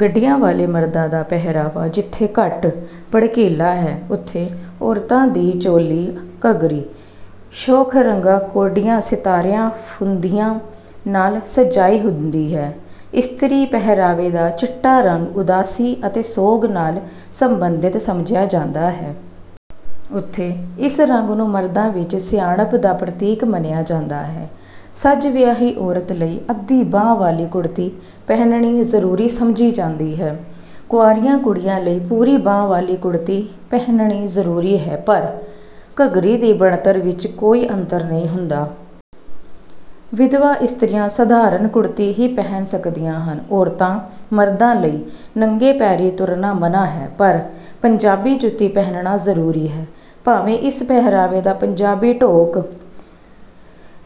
ਗੱਡੀਆਂ ਵਾਲੇ ਮਰਦਾਂ ਦਾ ਪਹਿਰਾਵਾ ਜਿੱਥੇ ਘੱਟ ਭੜਕੀਲਾ ਹੈ ਉਥੇ ਔਰਤਾਂ ਦੀ ਚੋਲੀ ਘੱਗਰੀ ਸ਼ੋਖ ਰੰਗਾਂ ਕੌਡੀਆਂ ਸਿਤਾਰਿਆਂ ਫੂੰਦਿਆਂ ਨਾਲ ਸਜਾਈ ਹੁੰਦੀ ਹੈ। ਇਸਤਰੀ ਪਹਿਰਾਵੇ ਦਾ ਚਿੱਟਾ ਰੰਗ ਉਦਾਸੀ ਅਤੇ ਸੋਗ ਨਾਲ ਸਬੰਧਤ ਸਮਝਿਆ ਜਾਂਦਾ ਹੈ। ਉਥੇ ਇਸ ਰੰਗ ਨੂੰ ਮਰਦਾਂ ਵਿੱਚ ਸਿਆਣਪ ਦਾ ਪ੍ਰਤੀਕ ਮੰਨਿਆ ਜਾਂਦਾ ਹੈ। ਸੱਜ ਵਿਆਹੀ ਔਰਤ ਲਈ ਅੱਧੀ ਬਾਂਹ ਵਾਲੀ ਕੁੜਤੀ ਪਹਿਨਣੀ ਜ਼ਰੂਰੀ ਸਮਝੀ ਜਾਂਦੀ ਹੈ। ਕੁਆਰੀਆਂ ਕੁੜੀਆਂ ਲਈ ਪੂਰੀ ਬਾਂਹ ਵਾਲੀ ਕੁੜਤੀ ਪਹਿਨਣੀ ਜ਼ਰੂਰੀ ਹੈ ਪਰ ਘੱਗਰੀ ਦੀ ਬਣਤਰ ਵਿੱਚ ਕੋਈ ਅੰਤਰ ਨਹੀਂ ਹੁੰਦਾ। ਵਿਧਵਾ ਇਸਤਰੀਆਂ ਸਧਾਰਨ ਕੁੜਤੀ ਹੀ ਪਹਿਨ ਸਕਦੀਆਂ ਹਨ। ਔਰਤਾਂ ਮਰਦਾਂ ਲਈ ਨੰਗੇ ਪੈਰੀਂ ਤੁਰਨਾ ਮਨ੍ਹਾ ਹੈ। ਪਰ ਪੰਜਾਬੀ ਜੁੱਤੀ ਪਹਿਨਣਾ ਜ਼ਰੂਰੀ ਹੈ। ਭਾਵੇਂ ਇਸ ਪਹਿਰਾਵੇ ਦਾ ਪੰਜਾਬੀ ਫੋਕ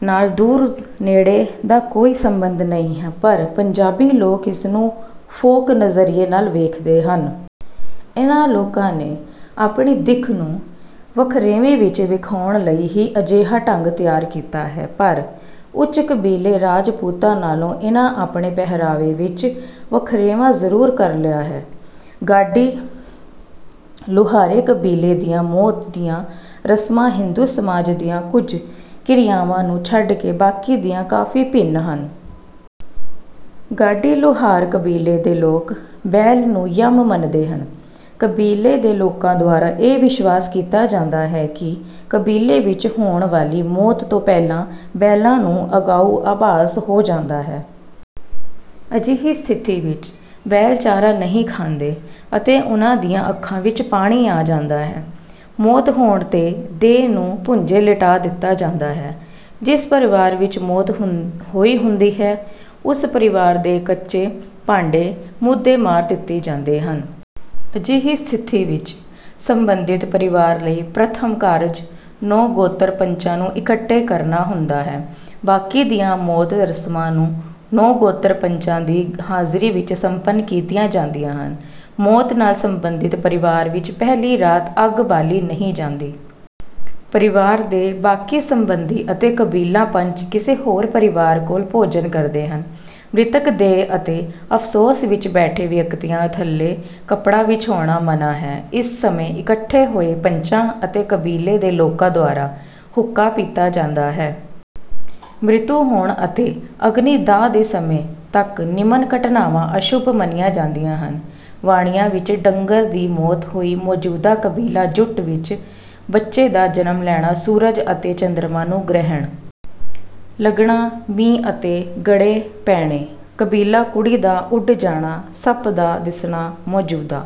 ਨਾਲ ਦੂਰ ਨੇੜੇ ਦਾ ਕੋਈ ਸਬੰਧ ਨਹੀਂ ਹੈ ਪਰ ਪੰਜਾਬੀ ਲੋਕ ਇਸਨੂੰ ਫੋਕ ਨਜ਼ਰੀਏ ਨਾਲ ਵੇਖਦੇ ਹਨ। ਇਨ੍ਹਾਂ ਲੋਕਾਂ ਨੇ ਆਪਣੀ ਦਿੱਖ ਨੂੰ ਵਖਰੇਵੇਂ ਵਿੱਚ ਵਿਖਾਉਣ ਲਈ ਹੀ ਅਜਿਹਾ ਢੰਗ ਤਿਆਰ ਕੀਤਾ ਹੈ। ਪਰ ਉੱਚ ਕਬੀਲੇ ਰਾਜਪੂਤਾਂ ਨਾਲੋਂ ਇਨ੍ਹਾਂ ਆਪਣੇ ਪਹਿਰਾਵੇ ਵਿੱਚ ਵਖਰੇਵਾਂ ਜ਼ਰੂਰ ਕਰ ਲਿਆ ਹੈ। ਗਾਡੀ ਲੁਹਾਰ ਕਬੀਲੇ ਦੀਆਂ ਮੌਤ ਦੀਆਂ ਰਸਮਾਂ ਹਿੰਦੂ ਸਮਾਜ ਦੀਆਂ ਕੁੱਝ ਕਿਰਿਆਵਾਂ ਨੂੰ ਛੱਡ ਕੇ ਬਾਕੀ ਦੀਆਂ ਕਾਫੀ ਭਿੰਨ ਹਨ। ਗਾਡੀ ਲੁਹਾਰ ਕਬੀਲੇ ਦੇ ਲੋਕ ਬੈਲ ਨੂੰ ਯਮ ਮੰਨਦੇ ਹਨ। ਕਬੀਲੇ ਦੇ ਲੋਕਾਂ ਦੁਆਰਾ ਇਹ ਵਿਸ਼ਵਾਸ ਕੀਤਾ ਜਾਂਦਾ ਹੈ ਕਿ ਕਬੀਲੇ ਵਿੱਚ ਹੋਣ ਵਾਲੀ ਮੌਤ ਤੋਂ ਪਹਿਲਾਂ ਬੈਲਾਂ ਨੂੰ ਅਗਾਊਂ ਆਭਾਸ ਹੋ ਜਾਂਦਾ ਹੈ। ਅਜਿਹੀ ਸਥਿਤੀ ਵਿੱਚ ਬੈਲ ਚਾਰਾ ਨਹੀਂ ਖਾਂਦੇ ਅਤੇ ਉਨ੍ਹਾਂ ਦੀਆਂ ਅੱਖਾਂ ਵਿੱਚ ਪਾਣੀ ਆ ਜਾਂਦਾ ਹੈ। ਮੌਤ ਹੋਣ ਤੇ ਦੇਹ ਨੂੰ ਭੁੰਜੇ ਲਿਟਾ ਦਿੱਤਾ ਜਾਂਦਾ ਹੈ। ਜਿਸ ਪਰਿਵਾਰ ਵਿੱਚ ਮੌਤ ਹੋਈ ਹੁੰਦੀ ਹੈ ਉਸ ਪਰਿਵਾਰ ਦੇ ਕੱਚੇ ਭਾਂਡੇ ਮੂਧੇ ਮਾਰ ਦਿੱਤੇ ਜਾਂਦੇ ਹਨ। ਅਜਿਹੀ ਸਥਿਤੀ ਵਿੱਚ ਸਬੰਧਿਤ ਪਰਿਵਾਰ ਲਈ ਪ੍ਰਥਮ ਕਾਰਜ ਨੌਂ ਗੋਤਰ ਪੰਚਾਂ ਨੂੰ ਇਕੱਠੇ ਕਰਨਾ ਹੁੰਦਾ ਹੈ। ਬਾਕੀ ਦੀਆਂ ਮੌਤ ਰਸਮਾਂ ਨੌਂ ਗੋਤਰ ਪੰਚਾਂ ਦੀ ਹਾਜ਼ਰੀ ਵਿੱਚ ਸੰਪੰਨ ਕੀਤੀਆਂ ਜਾਂਦੀਆਂ ਹਨ। ਮੌਤ ਨਾਲ ਸਬੰਧਿਤ ਪਰਿਵਾਰ ਵਿੱਚ ਪਹਿਲੀ ਰਾਤ ਅੱਗ ਬਾਲੀ ਨਹੀਂ ਜਾਂਦੀ। ਪਰਿਵਾਰ ਦੇ ਬਾਕੀ ਸਬੰਧੀ ਅਤੇ ਕਬੀਲਾ ਪੰਚ ਕਿਸੇ ਹੋਰ ਪਰਿਵਾਰ ਕੋਲ ਭੋਜਨ ਕਰਦੇ ਹਨ। ਮ੍ਰਿਤਕ ਦੇਹ ਅਤੇ ਅਫ਼ਸੋਸ ਵਿੱਚ ਬੈਠੇ ਵਿਅਕਤੀਆਂ ਥੱਲੇ ਕੱਪੜਾ ਵਿਛਾਉਣਾ ਮਨ੍ਹਾ ਹੈ। ਇਸ ਸਮੇਂ ਇਕੱਠੇ ਹੋਏ ਪੰਚਾਂ ਅਤੇ ਕਬੀਲੇ ਦੇ ਲੋਕਾਂ ਦੁਆਰਾ ਹੁੱਕਾ ਪੀਤਾ ਜਾਂਦਾ ਹੈ। ਮ੍ਰਿਤੂ ਹੋਣ ਅਤੇ ਅਗਨੀ ਦਾਹ ਦੇ ਸਮੇਂ ਤੱਕ ਨਿਮਨ ਘਟਨਾਵਾਂ ਅਸ਼ੁਭ ਮੰਨੀਆਂ ਜਾਂਦੀਆਂ ਹਨ। ਵਾਣਿਆਂ ਵਿੱਚ ਡੰਗਰ ਦੀ ਮੌਤ ਹੋਣੀ ਮੌਜੂਦਾ ਕਬੀਲਾ ਜੁੱਟ ਵਿੱਚ ਬੱਚੇ ਦਾ ਜਨਮ ਲੈਣਾ ਸੂਰਜ ਅਤੇ ਚੰਦਰਮਾ ਨੂੰ ਗ੍ਰਹਿਣ ਲੱਗਣਾ ਮੀਂਹ ਅਤੇ ਗੜੇ ਪੈਣੇ ਕਬੀਲਾ ਕੁੜੀ ਦਾ ਉੱਡ ਜਾਣਾ ਸੱਪ ਦਾ ਦਿਸਣਾ ਮੌਜੂਦਾ